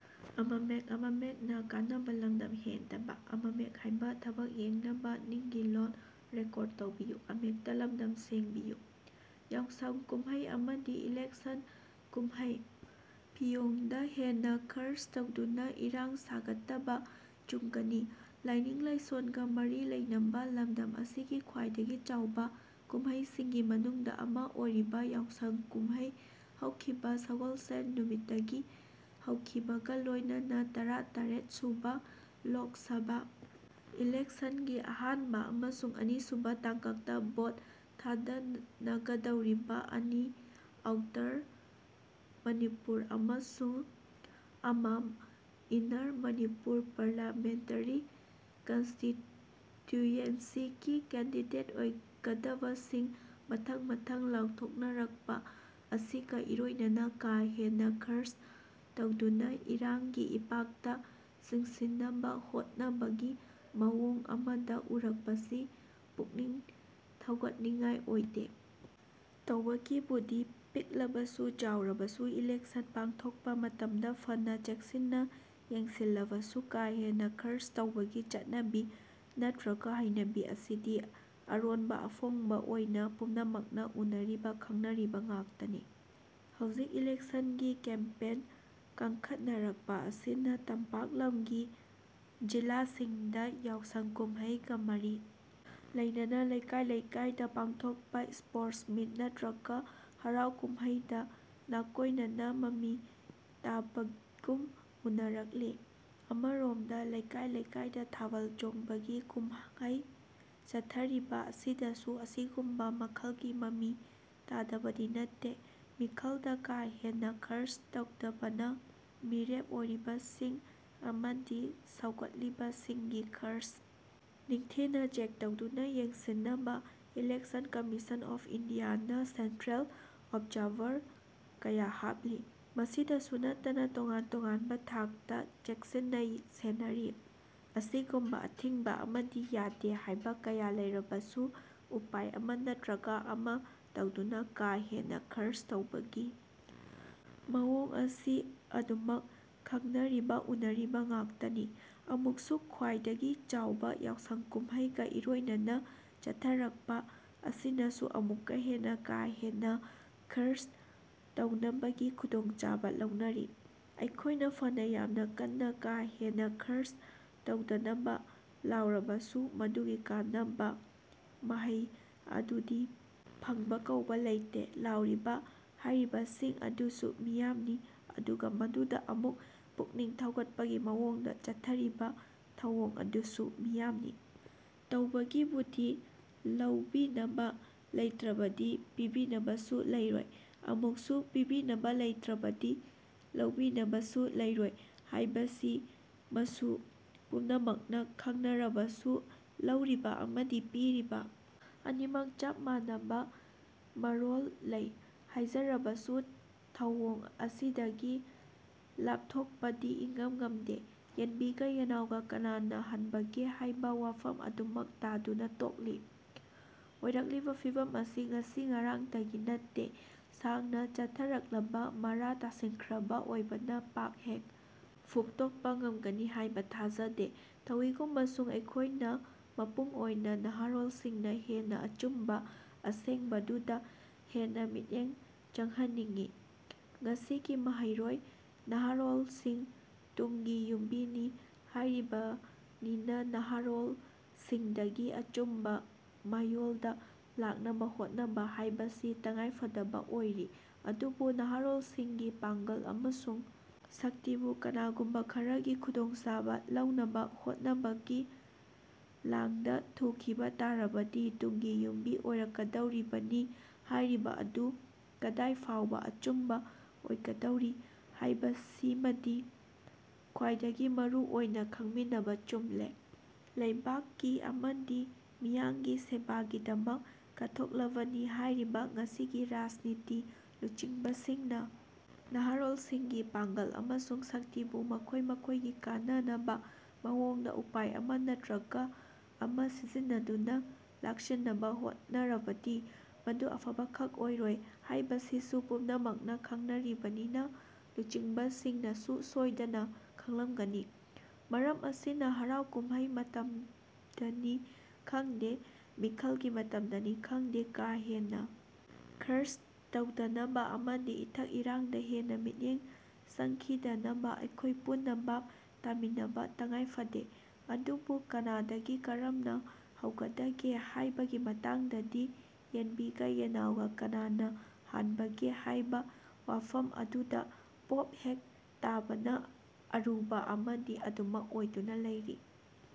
ꯌꯥꯎꯁꯪ ꯀꯨꯝꯍꯩ ꯑꯃꯗꯤ ꯏꯂꯦꯛꯁꯟ ꯀꯨꯝꯍꯩ-ꯐꯤꯌꯣꯡꯗ ꯍꯦꯟꯅ ꯈꯔꯆ ꯇꯧꯗꯨꯅ ꯏꯔꯥꯡ ꯁꯥꯒꯠꯇꯕ ꯆꯨꯝꯒꯅꯤ ꯂꯥꯏꯅꯤꯡ-ꯂꯥꯏꯁꯣꯟꯒ ꯃꯔꯤ ꯂꯩꯅꯕ ꯂꯝꯗꯝ ꯑꯁꯤꯒꯤ ꯈ꯭ꯋꯥꯏꯗꯒꯤ ꯆꯥꯎꯕ ꯀꯨꯝꯍꯩꯁꯤꯡꯒꯤ ꯃꯅꯨꯡꯗ ꯑꯃ ꯑꯣꯏꯔꯤꯕ ꯌꯥꯎꯁꯪ ꯀꯨꯝꯍꯩ ꯍꯧꯈꯤꯕ ꯁꯒꯣꯜꯁꯦꯟ ꯅꯨꯃꯤꯠꯇꯒꯤ ꯍꯧꯈꯤꯕꯒ ꯂꯣꯏꯅꯅ ꯇꯔꯥꯇꯔꯦꯠ ꯁꯨꯕ ꯂꯣꯛ ꯁꯚꯥ ꯏꯂꯦꯛꯁꯟꯒꯤ ꯑꯍꯥꯟꯕ ꯑꯃꯁꯨꯡ ꯑꯅꯤꯁꯨꯕ ꯇꯥꯡꯀꯛꯇ ꯚꯣꯠ ꯊꯥꯗꯅꯒꯗꯧꯔꯤꯕ ꯑꯅꯤ-ꯑꯥꯎꯇꯔ ꯃꯅꯤꯄꯨꯔ ꯑꯃꯁꯨꯡ ꯑꯃꯥꯝ-ꯏꯟꯅꯔ ꯃꯅꯤꯄꯨꯔ ꯄꯥꯔꯂꯤꯌꯥꯃꯦꯟꯇꯔꯤ ꯀꯟꯁꯇꯤꯇ꯭ꯌꯨꯌꯦꯟꯁꯤꯒꯤ ꯀꯦꯟꯗꯤꯗꯦꯠ ꯑꯣꯏꯒꯗꯕꯁꯤꯡ ꯃꯊꯪ-ꯃꯊꯪ ꯂꯥꯎꯊꯣꯛꯅꯔꯛꯄ ꯑꯁꯤꯒ ꯏꯔꯣꯏꯅꯅ ꯀꯥ-ꯍꯦꯟꯅ ꯈꯔꯆ ꯇꯧꯗꯨꯅ ꯏꯔꯥꯡꯒꯤ ꯏꯄꯥꯛꯇ ꯆꯤꯡꯁꯤꯟꯅꯕ ꯍꯣꯠꯅꯕꯒꯤ ꯃꯑꯣꯡ ꯑꯃꯗ ꯎꯔꯛꯄꯁꯤ ꯄꯨꯛꯅꯤꯡ ꯊꯧꯒꯠꯅꯤꯡꯉꯥꯏ ꯑꯣꯏꯗꯦ꯫ ꯇꯧꯕꯒꯤꯕꯨꯗꯤ ꯄꯤꯛꯂꯕꯁꯨ ꯆꯥꯎꯔꯕꯁꯨ ꯏꯂꯦꯛꯁꯟ ꯄꯥꯡꯊꯣꯛꯄ ꯃꯇꯝꯗ ꯐꯅ ꯆꯦꯛꯁꯤꯟꯅ ꯌꯦꯡꯁꯤꯜꯂꯕꯁꯨ ꯀꯥ-ꯍꯦꯟꯅ ꯈꯔꯆ ꯇꯧꯕꯒꯤ ꯆꯠꯅꯕꯤ ꯅꯠꯇ꯭ꯔꯒ ꯍꯩꯅꯕꯤ ꯑꯁꯤꯗꯤ ꯑꯔꯣꯟꯕ-ꯑꯐꯣꯡꯕ ꯑꯣꯏꯅ ꯄꯨꯝꯅꯃꯛꯅ ꯎꯅꯔꯤꯕ ꯈꯪꯅꯔꯤꯕ ꯉꯥꯛꯇꯅꯤ꯫ ꯍꯧꯖꯤꯛ ꯏꯂꯦꯛꯁꯟꯒꯤ ꯀꯦꯝꯄꯦꯟ ꯀꯟꯈꯠꯅꯔꯛꯄ ꯑꯁꯤꯅ ꯇꯝꯄꯥꯛ ꯂꯝꯒꯤ ꯖꯤꯂꯥꯁꯤꯡꯗ ꯌꯥꯎꯁꯪ ꯀꯨꯝꯍꯩꯒ ꯃꯔꯤ ꯂꯩꯅꯅ ꯂꯩꯀꯥꯏ-ꯂꯩꯀꯥꯏꯗ ꯄꯥꯡꯊꯣꯛꯄ ꯁ꯭ꯄꯣꯔꯠꯁ ꯃꯤꯠ ꯅꯠꯇ꯭ꯔꯒ ꯍꯔꯥꯎ ꯀꯨꯃꯩꯗ ꯅꯥꯀꯣꯏꯅꯅ ꯃꯃꯤ ꯇꯥꯕꯒꯨꯝ ꯎꯅꯔꯛꯂꯤ꯫ ꯑꯃꯔꯣꯝꯗ ꯂꯩꯀꯥꯏ-ꯂꯩꯀꯥꯏꯗ ꯊꯥꯕꯜ ꯆꯣꯡꯕꯒꯤ ꯀꯨꯝꯍꯩ ꯆꯠꯊꯔꯤꯕ ꯑꯁꯤꯗꯁꯨ ꯑꯁꯤꯒꯨꯝꯕ ꯃꯈꯜꯒꯤ ꯃꯃꯤ ꯇꯥꯗꯕꯗꯤ ꯅꯠꯇꯦ꯫ ꯃꯤꯈꯜꯗ ꯀꯥ-ꯍꯦꯟꯅ ꯈꯔꯆ ꯇꯧꯗꯅꯕ ꯃꯤꯔꯦꯞ ꯑꯣꯏꯔꯤꯕꯁꯤꯡ ꯑꯃꯗꯤ ꯁꯧꯒꯠꯂꯤꯕꯁꯤꯡꯒꯤ ꯈꯔꯆ ꯅꯤꯡꯊꯤꯅ ꯆꯦꯛ ꯇꯧꯗꯨꯅ ꯌꯦꯡꯁꯤꯟꯅꯕ ꯏꯂꯦꯛꯁꯟ ꯀꯝꯃꯤꯁꯟ ꯑꯣꯐ ꯏꯟꯗꯤꯌꯥꯅ ꯁꯦꯟꯇ꯭ꯔꯦꯜ ꯑꯣꯕꯖꯥꯔꯚꯔ ꯀꯌꯥ ꯍꯥꯞꯂꯤ꯫ ꯃꯁꯤꯗꯁꯨ ꯅꯠꯇꯅ ꯇꯣꯉꯥꯟ-ꯇꯣꯉꯥꯟꯕ ꯊꯥꯛꯇ ꯆꯦꯛꯁꯤꯟꯅ ꯁꯦꯟꯅꯔꯤ꯫ ꯑꯁꯤꯒꯨꯝꯕ ꯑꯊꯤꯡꯕ ꯑꯃꯗꯤ ꯌꯥꯗꯦ ꯍꯥꯏꯕ ꯀꯌꯥ ꯂꯩꯔꯕꯁꯨ ꯎꯄꯥꯏ ꯑꯃ ꯅꯠꯇ꯭ꯔꯒ ꯑꯃ ꯇꯧꯗꯨꯅ ꯀꯥꯍꯦꯟꯅ ꯈꯔꯆ ꯇꯧꯕꯒꯤ ꯃꯑꯣꯡ ꯑꯁꯤ ꯑꯗꯨꯝꯃꯛ ꯈꯪꯅꯔꯤꯕ ꯎꯅꯔꯤꯕ ꯉꯥꯛꯇꯅꯤ꯫ ꯑꯃꯨꯛꯁꯨ ꯈ꯭ꯋꯥꯏꯗꯒꯤ ꯆꯥꯎꯕ ꯌꯥꯎꯁꯪ ꯀꯨꯝꯍꯩꯒ ꯏꯔꯣꯏꯅꯅ ꯆꯠꯊꯔꯛꯄ ꯑꯁꯤꯅꯁꯨ ꯑꯃꯨꯛꯀ ꯍꯦꯟꯅ ꯀꯥ-ꯍꯦꯟꯅ ꯈꯔꯆ ꯇꯧꯅꯕꯒꯤ ꯈꯨꯗꯣꯡꯆꯥꯕ ꯂꯧꯅꯔꯤ꯫ ꯑꯩꯈꯣꯏꯅ ꯐꯅ ꯌꯥꯝꯅ ꯀꯟꯅ ꯀꯥ-ꯍꯦꯟꯅ ꯈꯔꯆ ꯇꯧꯗꯅꯕ ꯂꯥꯎꯔꯕꯁꯨ ꯃꯗꯨꯒꯤ ꯀꯥꯟꯅꯕ ꯃꯍꯩ ꯑꯗꯨꯗꯤ ꯐꯪꯕ ꯀꯧꯕ ꯂꯩꯇꯦ꯫ ꯂꯥꯎꯔꯤꯕ, ꯍꯥꯏꯔꯤꯕꯁꯤꯡ ꯑꯗꯨꯁꯨ ꯃꯤꯌꯥꯝꯅꯤ ꯑꯗꯨꯒ ꯃꯗꯨꯗ ꯑꯃꯨꯛ ꯄꯨꯛꯅꯤꯡ ꯊꯧꯒꯠꯄꯒꯤ ꯃꯑꯣꯡꯗ ꯆꯠꯊꯔꯤꯕ ꯊꯧꯑꯣꯡ ꯑꯗꯨꯁꯨ ꯃꯤꯌꯥꯝꯅꯤ꯫ ꯇꯧꯕꯒꯤꯕꯨꯗꯤ ꯂꯧꯕꯤꯅꯕ ꯂꯩꯇ꯭ꯔꯕꯗꯤ ꯄꯤꯕꯤꯅꯕꯁꯨ ꯂꯩꯔꯣꯏ, ꯑꯃꯨꯛꯁꯨ ꯄꯤꯕꯤꯅꯕ ꯂꯩꯇ꯭ꯔꯕꯗꯤ ꯂꯧꯕꯤꯅꯕꯁꯨ ꯂꯩꯔꯣꯏ ꯍꯥꯏꯕꯁꯤꯃꯁꯨ ꯄꯨꯝꯅꯃꯛꯅ ꯈꯪꯅꯔꯕꯁꯨ, ꯂꯧꯔꯤꯕ ꯑꯃꯗꯤ ꯄꯤꯔꯤꯕ ꯑꯅꯤꯃꯛ ꯆꯞ ꯃꯥꯟꯅꯕ ꯃꯔꯣꯜ ꯂꯩ ꯍꯥꯏꯖꯔꯕꯁꯨ ꯊꯧꯑꯣꯡ ꯑꯁꯤꯗꯒꯤ ꯂꯥꯞꯊꯣꯛꯄꯗꯤ ꯏꯉꯝ ꯉꯝꯗꯦ꯫ ꯌꯦꯟꯕꯤꯒ ꯌꯦꯟꯅꯥꯎꯒ ꯀꯅꯥꯅ ꯍꯟꯕꯒꯦ ꯍꯥꯏꯕ ꯋꯥꯐꯝ ꯑꯗꯨꯃꯛ ꯇꯥꯗꯨꯅ ꯇꯣꯛꯂꯤ꯫ ꯑꯣꯏꯔꯛꯂꯤꯕ ꯐꯤꯚꯝ ꯑꯁꯤ ꯉꯁꯤ ꯉꯔꯥꯡꯇꯒꯤ ꯅꯠꯇꯦ ꯁꯥꯡꯅ ꯆꯠꯅꯔꯛꯂꯕ ꯃꯔꯥ ꯇꯥꯁꯤꯟꯈ꯭ꯔꯕ ꯑꯣꯏꯕꯅ ꯄꯥꯛ ꯍꯦꯛ ꯐꯨꯛꯇꯣꯛꯄ ꯉꯝꯒꯅꯤ ꯍꯥꯏꯕ ꯊꯥꯖꯗꯦ꯫ ꯇꯧꯏꯒꯨꯝꯕꯁꯨꯡ ꯑꯩꯈꯣꯏꯅ ꯃꯄꯨꯡ ꯑꯣꯏꯅ ꯅꯍꯥꯔꯣꯜꯁꯤꯡꯅ ꯍꯦꯟꯅ ꯑꯆꯨꯝꯕ ꯑꯁꯦꯡꯕꯗꯨꯗ ꯍꯦꯟꯅ ꯃꯤꯠꯌꯦꯡ ꯆꯪꯍꯟꯅꯤꯡꯏ꯫ ꯉꯁꯤꯒꯤ ꯃꯍꯩꯔꯣꯏ, ꯅꯍꯥꯔꯣꯜꯁꯤꯡ ꯇꯨꯡꯒꯤ ꯌꯨꯝꯕꯤꯅꯤ ꯍꯥꯏꯔꯤꯕꯅꯤꯅ ꯅꯍꯥꯔꯣꯜꯁꯤꯡꯗꯒꯤ ꯑꯆꯨꯝꯕ ꯃꯥꯌꯣꯜꯗ ꯂꯥꯛꯅꯕ ꯍꯣꯠꯅꯕ ꯍꯥꯏꯕꯁꯤ ꯇꯉꯥꯏꯐꯗꯕ ꯑꯣꯏꯔꯤ꯫ ꯑꯗꯨꯕꯨ ꯅꯍꯥꯔꯣꯜꯁꯤꯡꯒꯤ ꯄꯥꯡꯒꯜ ꯑꯃꯁꯨꯡ ꯁꯛꯇꯤꯕꯨ ꯀꯅꯥꯒꯨꯝꯕ ꯈꯔꯒꯤ ꯈꯨꯗꯣꯡꯆꯥꯕ ꯂꯧꯅꯕ ꯍꯣꯠꯅꯕꯒꯤ ꯂꯥꯡꯗ ꯊꯨꯈꯤꯕ ꯇꯥꯔꯕꯗꯤ ꯇꯨꯡꯒꯤ ꯌꯨꯝꯕꯤ ꯑꯣꯏꯔꯛꯀꯗꯧꯔꯤꯕꯅꯤ ꯍꯥꯏꯔꯤꯕ ꯑꯗꯨ ꯀꯗꯥꯏ ꯐꯥꯎꯕ ꯑꯆꯨꯝꯕ ꯑꯣꯏꯒꯗꯧꯔꯤ ꯍꯥꯏꯕꯁꯤꯃꯗꯤ ꯈ꯭ꯋꯥꯏꯗꯒꯤ ꯃꯔꯨ ꯑꯣꯏꯅ ꯈꯪꯃꯤꯟꯅꯕ ꯆꯨꯝꯂꯦ꯫ ꯂꯩꯕꯥꯛꯀꯤ ꯑꯃꯗꯤ ꯃꯤꯌꯥꯝꯒꯤ ꯁꯦꯕꯥꯒꯤꯗꯃꯛ ꯀꯠꯊꯣꯛꯂꯕꯅꯤ ꯍꯥꯏꯔꯤꯕ ꯉꯁꯤꯒꯤ ꯔꯥꯖꯅꯤꯇꯤ ꯂꯨꯆꯤꯡꯕꯁꯤꯡꯅ ꯅꯍꯥꯔꯣꯜꯁꯤꯡꯒꯤ ꯄꯥꯡꯒꯜ ꯑꯃꯁꯨꯡ ꯁꯛꯇꯤꯕꯨ ꯃꯈꯣꯏ-ꯃꯈꯣꯏꯒꯤ ꯀꯥꯟꯅꯅꯕ ꯃꯑꯣꯡꯗ ꯎꯄꯥꯏ ꯑꯃ ꯅꯠꯇ꯭ꯔꯒ ꯑꯃ ꯁꯤꯖꯤꯟꯅꯗꯨꯅ ꯂꯥꯛꯁꯤꯟꯅꯕ ꯍꯣꯠꯅꯔꯕꯗꯤ ꯃꯗꯨ ꯑꯐꯕ ꯈꯛ ꯑꯣꯏꯔꯣꯏ ꯍꯥꯏꯕꯁꯤꯁꯨ ꯄꯨꯝꯅꯃꯛꯅ ꯈꯪꯅꯔꯤꯕꯅꯤꯅ ꯂꯨꯆꯤꯡꯕꯁꯤꯡꯅꯁꯨ ꯁꯣꯏꯗꯅ ꯈꯪꯂꯝꯒꯅꯤ꯫ ꯃꯔꯝ ꯑꯁꯤꯅ ꯍꯔꯥꯎ-ꯀꯨꯝꯍꯩ ꯃꯇꯝꯗꯅꯤ ꯈꯪꯗꯦ, ꯃꯤꯈꯜꯒꯤ ꯃꯇꯝꯗꯅꯤ ꯈꯪꯗꯦ ꯀꯥ-ꯍꯦꯟꯅ ꯈꯔꯆ ꯇꯧꯗꯅꯕ ꯑꯃꯗꯤ ꯏꯊꯛ-ꯏꯔꯥꯡꯗ ꯍꯦꯟꯅ ꯃꯤꯠꯌꯦꯡ ꯆꯪꯈꯤꯗꯅꯕ ꯑꯩꯈꯣꯏ ꯄꯨꯟꯅ ꯚꯥꯕ ꯇꯥꯃꯤꯟꯅꯕ ꯇꯉꯥꯏꯐꯗꯦ꯫ ꯑꯗꯨꯕꯨ ꯀꯅꯥꯗꯒꯤ ꯀꯔꯝꯅ ꯍꯧꯒꯗꯒꯦ ꯍꯥꯏꯕꯒꯤ ꯃꯇꯥꯡꯗꯗꯤ ꯌꯦꯟꯕꯤꯒ ꯌꯦꯟꯅꯥꯎꯒ ꯀꯅꯥꯅ ꯍꯥꯟꯕꯒꯦ ꯍꯥꯏꯕ ꯋꯥꯐꯝ ꯑꯗꯨꯗ ꯄꯣꯞ ꯍꯦꯛ ꯇꯥꯕꯅ ꯑꯔꯨꯕ ꯑꯃꯗꯤ ꯑꯗꯨꯝꯃꯛ ꯑꯣꯏꯗꯨꯅ ꯂꯩꯔꯤ꯫